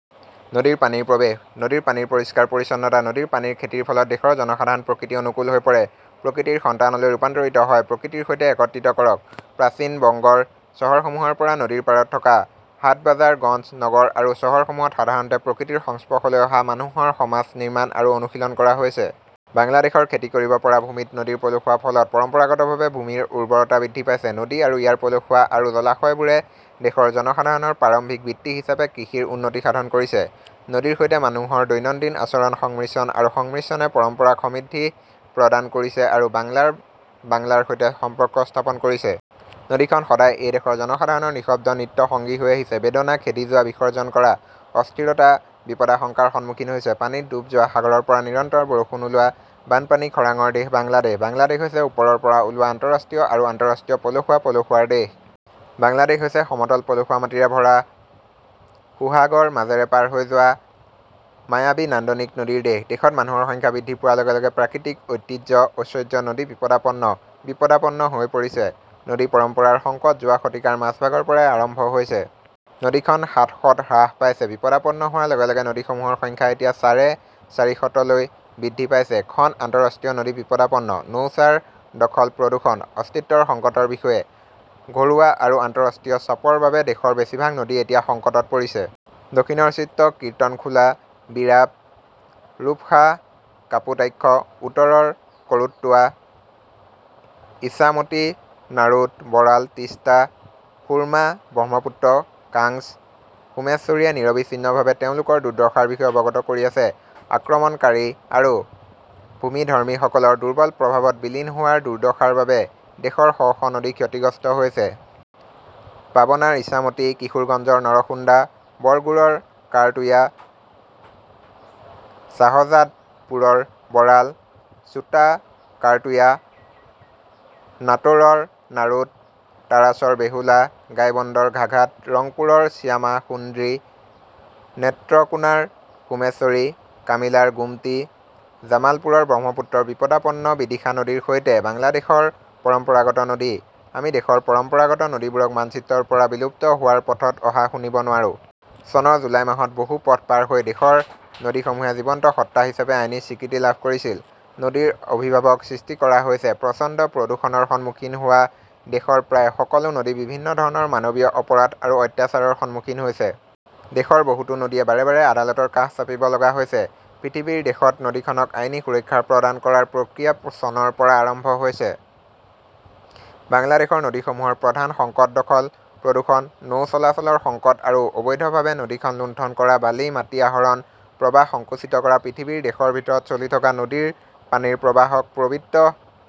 নদীৰ পানীৰ প্ৰৱেশ, নদীৰ পানীৰ পৰিষ্কাৰ-পৰিচ্ছন্নতা, নদীৰ পানীৰ খেতিৰ ফলত দেশৰ জনসাধাৰণ প্ৰকৃতি-অনুকূল হৈ পৰে, প্ৰকৃতিৰ সন্তানলৈ ৰূপান্তৰিত হয়। প্ৰকৃতিৰ সৈতে একত্ৰিত কৰক। প্ৰাচীন বংগৰ চহৰসমূহৰ পৰা নদীৰ পাৰত থকা হাটবাজাৰ, গঞ্জ, নগৰ আৰু চহৰসমূহত সাধাৰণতে প্ৰকৃতিৰ সংস্পৰ্শলৈ অহা মানুহৰ সমাজ নিৰ্মাণ আৰু অনুশীলন কৰা হৈছে। বাংলাদেশৰ খেতি কৰিব পৰা ভূমিত নদীৰ পলসুৱাৰ ফলত পৰম্পৰাগতভাৱে ভূমিৰ উৰ্বৰতা বৃদ্ধি পাইছে। নদী আৰু ইয়াৰ পলসুৱা আৰু জলাশয়বোৰে দেশৰ জনসাধাৰণৰ প্ৰাৰম্ভিক বৃত্তি হিচাপে কৃষিৰ উন্নতি সাধন কৰিছে। নদীৰ সৈতে মানুহৰ দৈনন্দিন আচৰণ, সংমিশ্ৰণ আৰু সংমিশ্ৰণে পৰম্পৰাক সমৃদ্ধি প্ৰদান কৰিছে আৰু বাংলাৰ বাংলাৰ সৈতে সম্পৰ্ক স্থাপন কৰিছে। নদীখন সদায় এই দেশৰ জনসাধাৰণৰ নিঃশব্দ নিত্য সঙ্গী হৈ আহিছে, বেদনা, খেদি যোৱা, বিসৰ্জন কৰা, অস্থিৰতা, বিপদাশংকাৰ সন্মুখীন হৈছে। পানীত ডুব যোৱা, সাগৰৰ পৰা নিৰন্তৰ বৰষুণ ওলোৱা, বানপানী-খৰাংৰ দেশ বাংলাদেশ। বাংলাদেশ হৈছে ওপৰৰ পৰা ওলোৱা আন্তঃৰাষ্ট্ৰীয় আৰু আন্তঃৰাষ্ট্ৰীয় পলসুৱা, পলসুৱাৰ দেশ। বাংলাদেশ হৈছে সমতল পলসুৱা মাটিৰে ভৰা সোহাগৰ মাজেৰে পাৰ হৈ যোৱা মায়াবী নান্দনিক নদীৰ দেশ। দেশত মানুহৰ সংখ্যা বৃদ্ধি পোৱাৰ লগে লগে প্ৰাকৃতিক ঐতিহ্য-ঐশ্বৰ্য নদী বিপদাপন্ন, বিপদাপন্ন হৈ পৰিছে। নদী-পৰম্পৰাৰ সংকট যোৱা শতিকাৰ মাজভাগৰ পৰাই আৰম্ভ হৈছে। নদীখন সাতশত হ্ৰাস পাইছে। বিপদাপন্ন হোৱাৰ লগে লগে নদীসমূহৰ সংখ্যা এতিয়া চাৰে চাৰিশতলৈ বৃদ্ধি পাইছে। খন আন্তঃৰাষ্ট্ৰীয় নদী বিপদাপন্ন। নৌচাৰ, দখল-প্ৰদূষণ, অস্তিত্বৰ সংকটৰ বিষয়ে। ঘৰুৱা আৰু আন্তঃৰাষ্ট্ৰীয় চাপৰ বাবে দেশৰ বেছিভাগ নদী এতিয়া সংকটত পৰিছে। দক্ষিণৰ চিত্ৰ, কীৰ্তনখোলা, বীৰাব, ৰূপসা, কাপুটাক্ষ; উত্তৰৰ কৰোট্টোৱা, ইছামতি, নাৰোড, বৰাল, তিষ্টা, সুৰমা, ব্ৰহ্মপুত্ৰ, কাংছ, সোমেশ্বৰীয়ে নিৰবিচ্ছিন্নভাৱে তেওঁলোকৰ দুৰ্দশাৰ বিষয়ে অৱগত কৰি আছে। আক্ৰমণকাৰী আৰু ভূমিধৰ্মীসকলৰ দুৰ্বল প্ৰভাৱত বিলীন হোৱাৰ দুৰ্দশাৰ বাবে দেশৰ শ শ নদী ক্ষতিগ্ৰস্ত হৈছে। পাবনাৰ ইছামতী, কিশোৰগঞ্জৰ নৰসুন্দা, বগুড়ৰ কাৰতোয়া, শ্বাহজাদপুৰৰ বৰাল, ছোটা কাৰতোয়া, নাট 'ৰৰ নাৰোড, তাৰাছৰ বেহুলা, গাইবন্দৰ ঘাঘাট, ৰংপুৰৰ শ্যামাসুন্দ্ৰী, নেত্ৰকোনাৰ সোমেশ্বৰী, কামিলাৰ গোমতী, জামালপুৰৰ ব্ৰহ্মপুত্ৰৰ বিপদাপন্ন বিদিশা নদীৰ সৈতে বাংলাদেশৰ পৰম্পৰাগত নদী। আমি দেশৰ পৰম্পৰাগত নদীবোৰক মানচিত্ৰৰ পৰা বিলুপ্ত হোৱাৰ পথত অহা শুনিব নোৱাৰো। চনৰ জুলাই মাহত বহু পথ পাৰ হৈ দেশৰ নদীসমূহে জীৱন্ত সত্তা হিচাপে আইনী স্বীকৃতি লাভ কৰিছিল। নদীৰ অভিভাৱক সৃষ্টি কৰা হৈছে। প্ৰচণ্ড প্ৰদূষণৰ সন্মুখীন হোৱা দেশৰ প্ৰায় সকলো নদী বিভিন্ন ধৰণৰ মানৱীয় অপৰাধ আৰু অত্যাচাৰৰ সন্মুখীন হৈছে। দেশৰ বহুতো নদীয়ে বাৰে বাৰে আদালতৰ কাষ চাপিব লগা হৈছে। পৃথিৱীৰ দেশত নদীখনক আইনী সুৰক্ষা প্ৰদান কৰাৰ প্ৰক্ৰিয়া চনৰ পৰা আৰম্ভ হৈছে। বাংলাদেশৰ নদীসমূহৰ প্ৰধান সংকট দখল, প্ৰদূষণ, নৌ চলাচলৰ সংকট আৰু অবৈধভাৱে নদীখন লুণ্ঠন কৰা বালি, মাটি আহৰণ, প্ৰৱাহ সংকুচিত কৰা। পৃথিৱীৰ দেশৰ ভিতৰত, চলি থকা নদীৰ পানীৰ প্ৰবাহক পবিত্ৰ